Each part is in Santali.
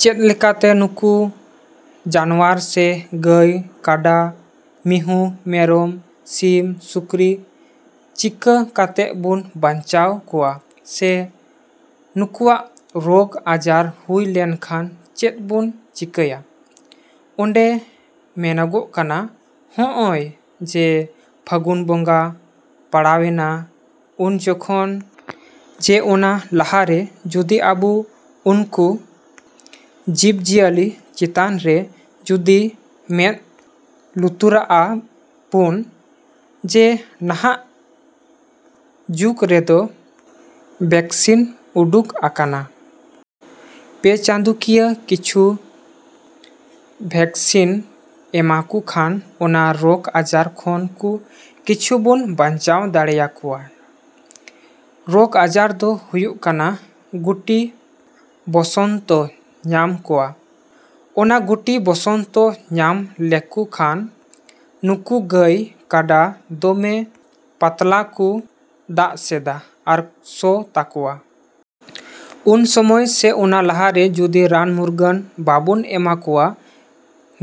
ᱪᱮᱫ ᱞᱮᱠᱟᱛᱮ ᱱᱩᱠᱩ ᱡᱟᱱᱣᱟᱨ ᱥᱮ ᱜᱟᱹᱭ, ᱠᱟᱰᱟ, ᱢᱤᱦᱩᱸ, ᱢᱮᱨᱚᱢ, ᱥᱤᱢ, ᱥᱩᱠᱨᱤ ᱪᱤᱠᱟᱹ ᱠᱟᱛᱮ ᱵᱚᱱ ᱵᱟᱧᱪᱟᱣ ᱠᱚᱣᱟ ᱥᱮ ᱱᱩᱠᱩᱣᱟᱜ ᱨᱳᱜᱽ ᱟᱡᱟᱨ ᱦᱩᱭ ᱞᱮᱱᱠᱷᱟᱱ ᱪᱮᱫ ᱵᱚᱱ ᱪᱤᱠᱟᱹᱭᱟ? ᱚᱸᱰᱮ ᱢᱮᱱᱚᱜᱚᱜ ᱠᱟᱱᱟ, ᱦᱚᱸᱜᱼᱚᱭ ᱡᱮ ᱯᱷᱟᱹᱜᱩᱱ ᱵᱚᱸᱜᱟ ᱯᱟᱲᱟᱣᱮᱱᱟ ᱩᱱ ᱡᱚᱠᱷᱟᱱ ᱥᱮ ᱚᱱᱟ ᱞᱟᱦᱟ ᱨᱮ ᱡᱩᱫᱤ ᱟᱵᱚ ᱩᱱᱠᱩ ᱡᱤᱵᱽᱼᱡᱤᱭᱟᱹᱞᱤ ᱪᱮᱛᱟᱱ ᱨᱮ ᱡᱩᱫᱤ ᱢᱮᱸᱫ ᱞᱩᱛᱩᱨᱟᱜᱼᱟ ᱵᱚᱱ ᱡᱮ ᱱᱟᱦᱟᱜ ᱡᱩᱜᱽ ᱨᱮᱫᱚ ᱵᱷᱮᱠᱥᱤᱱ ᱩᱰᱩᱜ ᱟᱠᱟᱱᱟ᱾ ᱯᱮ ᱪᱟᱸᱫᱳᱠᱤᱭᱟᱹ ᱯᱤᱪᱷᱩ ᱵᱷᱮᱠᱥᱤᱱ ᱮᱢᱟᱠᱚ ᱠᱷᱟᱱ ᱚᱱᱟ ᱨᱳᱜᱽ ᱟᱡᱟᱨ ᱠᱷᱚᱱ ᱠᱚ ᱠᱤᱪᱷᱩ ᱵᱚᱱ ᱵᱟᱧᱪᱟᱣ ᱫᱟᱲᱮᱭᱟᱠᱚᱭᱟ᱾ ᱨᱳᱜᱽ ᱟᱡᱟᱨ ᱫᱚ ᱦᱩᱭᱩᱜ ᱠᱟᱱᱟ ᱜᱩᱴᱤ ᱵᱚᱥᱚᱱᱛᱚ ᱧᱟᱢ ᱠᱚᱣᱟ᱾ ᱚᱱᱟ ᱜᱩᱴᱤ ᱵᱚᱥᱚᱱᱛᱚ ᱧᱟᱢ ᱞᱮᱠᱚ ᱠᱷᱟᱱ, ᱱᱩᱠᱩ ᱜᱟᱹᱭ, ᱠᱟᱰᱟ ᱫᱚᱢᱮ ᱯᱟᱛᱞᱟ ᱠᱚ ᱫᱟᱜᱥᱮᱫᱟ ᱟᱨ ᱥᱚ ᱛᱟᱠᱚᱣᱟ᱾ ᱩᱱ ᱥᱚᱢᱚᱭ ᱥᱮ, ᱚᱱᱟ ᱞᱟᱦᱟ ᱨᱮ ᱡᱩᱫᱤ ᱨᱟᱱᱼᱢᱩᱨᱜᱟᱹᱱ ᱵᱟᱵᱚᱱ ᱮᱢᱟ ᱠᱚᱣᱟ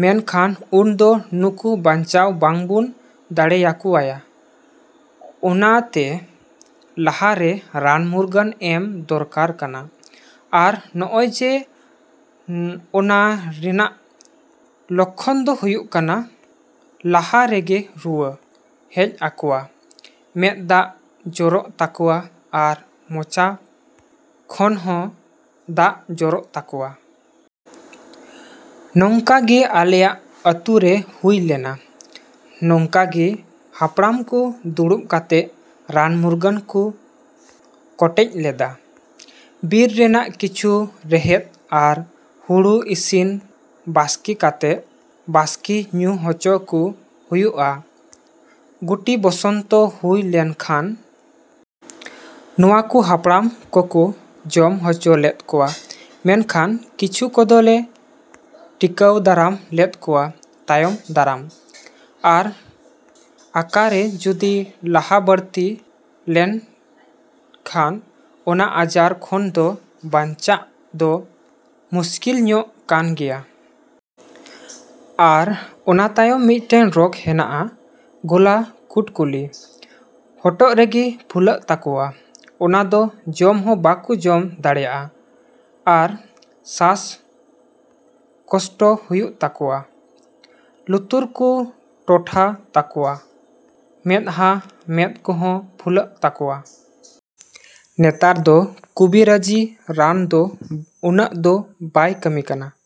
ᱢᱮᱱᱠᱷᱟᱱ ᱩᱱ ᱫᱚ ᱱᱩᱠᱩ ᱵᱟᱧᱪᱟᱣ ᱵᱟᱝ ᱵᱚᱱ ᱫᱟᱲᱮᱭᱟᱠᱚᱭᱟ᱾ᱚᱱᱟᱛᱮ ᱞᱟᱦᱟ ᱨᱮ ᱨᱟᱱᱼᱢᱩᱨᱜᱟᱹᱱ ᱮᱢ ᱫᱚᱨᱠᱟᱨ ᱠᱟᱱᱟ᱾ ᱟᱨ ᱱᱚᱜᱼᱚᱭ ᱡᱮ ᱚᱱᱟ ᱨᱮᱱᱟᱜ ᱞᱳᱠᱠᱷᱚᱱ ᱫᱚ ᱦᱩᱭᱩᱜ ᱠᱟᱱᱟ ᱞᱟᱦᱟ ᱨᱮᱜᱮ ᱨᱩᱣᱟᱹ ᱦᱮᱡ ᱟᱠᱚᱣᱟ, ᱢᱮᱸᱫ ᱫᱟᱜ ᱡᱚᱨᱚᱜ ᱛᱟᱠᱚᱣᱟ, ᱟᱨ ᱢᱚᱪᱟ ᱠᱷᱚᱱ ᱦᱚᱸ ᱫᱟᱜ ᱡᱚᱨᱚᱜ ᱛᱟᱠᱚᱣᱟ᱾ ᱱᱚᱝᱠᱟ ᱜᱮ ᱟᱞᱮᱭᱟᱜ ᱟᱹᱛᱩ ᱨᱮ ᱦᱩᱭ ᱞᱮᱱᱟ᱾ ᱱᱚᱝᱠᱟ ᱜᱮ ᱦᱟᱯᱲᱟᱢ ᱠᱚ ᱫᱩᱲᱩᱵ ᱠᱟᱛᱮ ᱨᱟᱱᱼᱢᱩᱨᱜᱟᱹᱱ ᱠᱚ ᱠᱚᱴᱮᱡ ᱞᱮᱫᱟ᱾ ᱵᱤᱨ ᱨᱮᱱᱟᱜ ᱠᱤᱪᱷᱩ ᱨᱮᱦᱮᱫᱽ ᱟᱨ ᱦᱩᱲᱩ ᱤᱥᱤᱱ ᱵᱟᱥᱠᱮ ᱠᱟᱛᱮ, ᱵᱟᱥᱠᱮ ᱧᱩ ᱦᱚᱪᱚ ᱠᱚ ᱦᱩᱭᱩᱜᱼᱟ, ᱜᱩᱴᱤ ᱵᱚᱥᱚᱱᱛᱚ ᱦᱩᱭ ᱞᱮᱱᱠᱷᱟᱱ᱾ ᱱᱚᱣᱟ ᱠᱚ ᱦᱟᱯᱲᱟᱢ ᱠᱚ ᱠᱚ ᱡᱚᱢ ᱦᱚᱪᱚ ᱞᱮᱫ ᱠᱟᱣᱟ᱾ ᱢᱮᱱᱠᱷᱟᱱ ᱠᱤᱪᱷᱩ ᱠᱚᱫᱚᱞᱮ ᱴᱤᱠᱟᱹᱣ ᱫᱟᱨᱟᱢ ᱞᱮᱫ ᱠᱚᱣᱟ ᱛᱟᱭᱚᱢ ᱫᱟᱨᱟᱢ᱾ ᱟᱨ ᱟᱠᱟᱨᱮ ᱡᱩᱫᱤ ᱞᱟᱦᱟ ᱵᱟᱹᱲᱛᱤ ᱞᱮᱱᱠᱷᱟᱱ ᱚᱱᱟ ᱟᱡᱟᱨ ᱠᱷᱚᱱ ᱫᱚ ᱵᱟᱧᱪᱟᱜ ᱫᱚ ᱢᱩᱥᱠᱤᱞ ᱞᱚᱜ ᱠᱟᱱ ᱜᱮᱭᱟ᱾ ᱟᱨ ᱚᱱᱟ ᱛᱟᱭᱚᱢ ᱢᱤᱫᱴᱮᱱ ᱨᱳᱜᱽ ᱦᱮᱱᱟᱜᱼᱟ ᱜᱚᱞᱟ ᱠᱩᱴᱠᱩᱞᱤ᱾ ᱦᱚᱴᱚᱜ ᱨᱮᱜᱮ ᱯᱷᱩᱞᱟᱹᱜ ᱛᱟᱠᱚᱣᱟ᱾ ᱚᱱᱟ ᱫᱚ ᱡᱚᱢ ᱦᱚᱸ ᱵᱟᱠᱚ ᱡᱚᱢ ᱫᱟᱲᱮᱭᱟᱜᱼᱟ ᱟᱨ ᱥᱟᱥ ᱠᱚᱥᱴᱚ ᱦᱩᱭᱩᱜ ᱛᱟᱠᱚᱣᱟ᱾ ᱞᱩᱛᱩᱨ ᱠᱚ ᱴᱚᱴᱷᱟ ᱛᱟᱠᱚᱭᱟ ᱢᱮᱸᱫᱼᱦᱟᱸ, ᱢᱮᱸᱫ ᱠᱚᱦᱚᱸ ᱯᱷᱩᱞᱟᱹᱜ ᱛᱟᱠᱚᱣᱟ᱾ ᱱᱮᱛᱟᱨ ᱫᱚ ᱠᱩᱵᱤᱨᱟᱹᱡᱤ ᱨᱟᱱ ᱫᱚ ᱩᱱᱟᱹᱜ ᱫᱚ ᱵᱟᱭ ᱠᱟᱹᱢᱤ ᱠᱟᱱᱟ ᱾